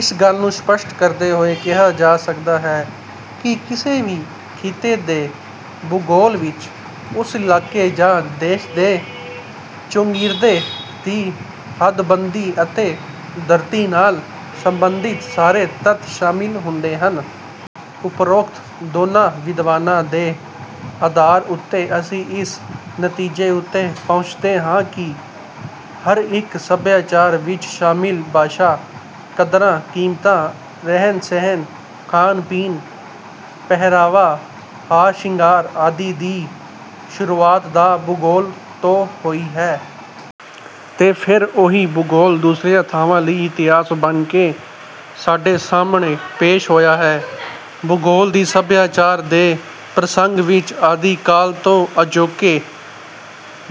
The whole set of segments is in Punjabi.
ਇਸ ਗੱਲ ਨੂੰ ਸਪਸ਼ਟ ਕਰਦੇ ਹੋਏ ਕਿਹਾ ਜਾ ਸਕਦਾ ਹੈ ਕਿ ਕਿਸੇ ਵੀ ਖਿੱਤੇ ਦੇ ਭੂਗੋਲ ਵਿੱਚ ਉਸ ਇਲਾਕੇ ਜਾਂ ਦੇਸ਼ ਦੇ ਚੌਗਿਰਦੇ ਦੀ ਹੱਦਬੰਦੀ ਅਤੇ ਧਰਤੀ ਨਾਲ ਸਬੰਧਿਤ ਸਾਰੇ ਤੱਤ ਸ਼ਾਮਿਲ ਹੁੰਦੇ ਹਨ। ਉਪਰੋਕਤ ਦੋਨਾਂ ਵਿਦਵਾਨਾਂ ਦੇ ਅਧਾਰ ਉੱਤੇ ਅਸੀਂ ਇਸ ਨਤੀਜੇ ਉੱਤੇ ਪਹੁੰਚਦੇ ਹਾਂ ਕਿ ਹਰ ਇੱਕ ਸਭਿਆਚਾਰ ਵਿੱਚ ਸ਼ਾਮਿਲ ਭਾਸ਼ਾ, ਕਦਰਾਂ ਕੀਮਤਾਂ, ਰਹਿਣ ਸਹਿਣ, ਖਾਣ ਪੀਣ, ਪਹਿਰਾਵਾ, ਹਾਰ ਸਿੰਗਾਰ ਆਦਿ ਦੀ ਸ਼ੁਰੂਆਤ ਤਾਂ ਭੂਗੋਲ ਤੋਂ ਹੋਈ ਹੈ। ਤੇ ਫਿਰ ਓਹੀ ਭੂਗੋਲ ਦੂਸਰੀਆਂ ਥਾਵਾਂ ਲਈ ਇਤਿਹਾਸ ਬਣ ਕੇ ਸਾਡੇ ਸਾਹਮਣੇ ਪੇਸ਼ ਹੋਇਆ ਹੈ। ਭੂਗੋਲ ਦੀ ਸਭਿਆਚਾਰ ਦੇ ਪ੍ਰਸੰਗ ਵਿੱਚ ਆਦਿ ਕਾਲ ਤੋਂ ਅਜੋਕੇ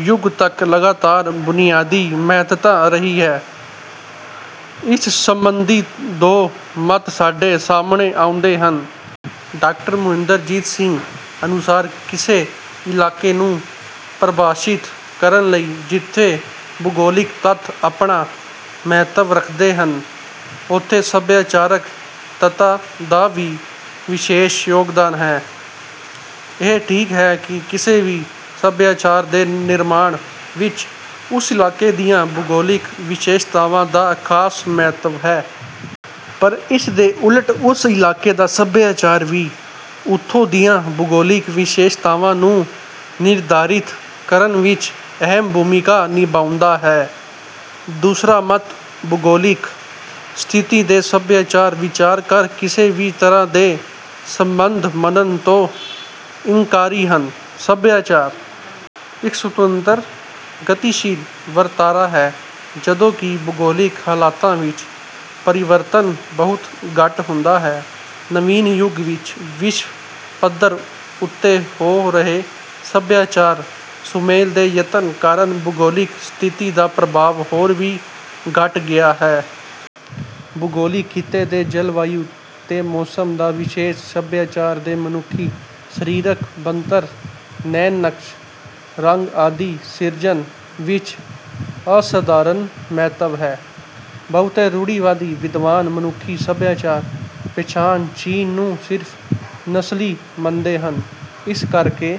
ਯੁੱਗ ਤੱਕ ਲਗਾਤਾਰ ਬੁਨਿਆਦੀ ਮਹੱਤਤਾ ਰਹੀ ਹੈ। ਇਸ ਸਬੰਧੀ ਦੋ ਮਤ ਸਾਡੇ ਸਾਹਮਣੇ ਆਉਂਦੇ ਹਨ। ਡਾਕਟਰ ਮੁਹਿੰਦਰਜੀਤ ਸਿੰਘ ਅਨੁਸਾਰ ਕਿਸੇ ਇਲਾਕੇ ਨੂੰ ਪ੍ਰਭਾਸ਼ਿਤ ਕਰਨ ਲਈ ਜਿੱਥੇ ਭੂਗੋਲਿਕ ਤੱਤ ਆਪਣਾ ਮਹੱਤਵ ਰੱਖਦੇ ਹਨ, ਉੱਥੇ ਸਭਿਆਚਾਰਕ ਤੱਤਾਂ ਦਾ ਵੀ ਵਿਸ਼ੇਸ਼ ਯੋਗਦਾਨ ਹੈ। ਇਹ ਠੀਕ ਹੈ ਕਿ ਕਿਸੇ ਵੀ ਸਭਿਆਚਾਰ ਦੇ ਨਿਰਮਾਣ ਵਿੱਚ ਉਸ ਇਲਾਕੇ ਦੀਆਂ ਭੂਗੋਲਿਕ ਵਿਸ਼ੇਸ਼ਤਾਵਾਂ ਦਾ ਖਾਸ ਮਹੱਤਵ ਹੈ। ਪਰ ਇਸ ਦੇ ਉਲਟ ਉਸ ਇਲਾਕੇ ਦਾ ਸਭਿਆਚਾਰ ਵੀ ਉੱਥੋਂ ਦੀਆਂ ਭੂਗੋਲਿਕ ਵਿਸ਼ੇਸ਼ਤਾਵਾਂ ਨੂੰ ਨਿਰਧਾਰਿਤ ਕਰਨ ਵਿੱਚ ਅਹਿਮ ਭੂਮਿਕਾ ਨਿਭਾਉਂਦਾ ਹੈ। ਦੂਸਰਾ ਮਤ ਭੂਗੋਲਿਕ ਸਥਿਤੀ ਤੇ ਸਭਿਆਚਾਰ ਵਿਚਕਾਰ ਕਿਸੇ ਵੀ ਤਰ੍ਹਾਂ ਦੇ ਸੰਬੰਧ ਮੰਨਣ ਤੋਂ ਇਨਕਾਰੀ ਹਨ। ਸਭਿਆਚਾਰ ਇੱਕ ਸੁਤੰਤਰ ਗਤੀਸ਼ੀਲ ਵਰਤਾਰਾ ਹੈ, ਜਦੋਂ ਕਿ ਭੂਗੋਲਿਕ ਹਾਲਾਤਾਂ ਵਿੱਚ ਪਰਿਵਰਤਨ ਬਹੁਤ ਘੱਟ ਹੁੰਦਾ ਹੈ। ਨਵੀਨ ਯੁੱਗ ਵਿੱਚ ਵਿਸ਼ਵ ਪੱਧਰ ਉੱਤੇ ਹੋ ਰਹੇ ਸਭਿਆਚਾਰ ਸੁਮੇਲ ਦੇ ਯਤਨ ਕਾਰਨ ਭੂਗੋਲਿਕ ਸਥਿਤੀ ਦਾ ਪ੍ਰਭਾਵ ਹੋਰ ਵੀ ਘੱਟ ਗਿਆ ਹੈ। ਭੂਗੋਲਿਕ ਖਿੱਤੇ ਦੇ ਜਲਵਾਯੂ ਤੇ ਮੌਸਮ ਦਾ ਵਿਸ਼ੇਸ਼ ਸਭਿਆਚਾਰ ਦੇ ਮਨੁੱਖੀ ਸਰੀਰਕ ਬਣਤਰ, ਨੈਣ ਨਕਸ਼, ਰੰਗ ਆਦਿ ਸਿਰਜਣ ਵਿੱਚ ਅਸਧਾਰਨ ਮਹੱਤਵ ਹੈ। ਬਹੁਤੇ ਰੂੜੀਵਾਦੀ ਵਿਦਵਾਨ ਮਨੁੱਖੀ ਸਭਿਆਚਾਰ ਪਛਾਣ ਚਿੰਨ੍ਹ ਨੂੰ ਸਿਰਫ ਨਸਲੀ ਮੰਨਦੇ ਹਨ। ਇਸ ਕਰਕੇ...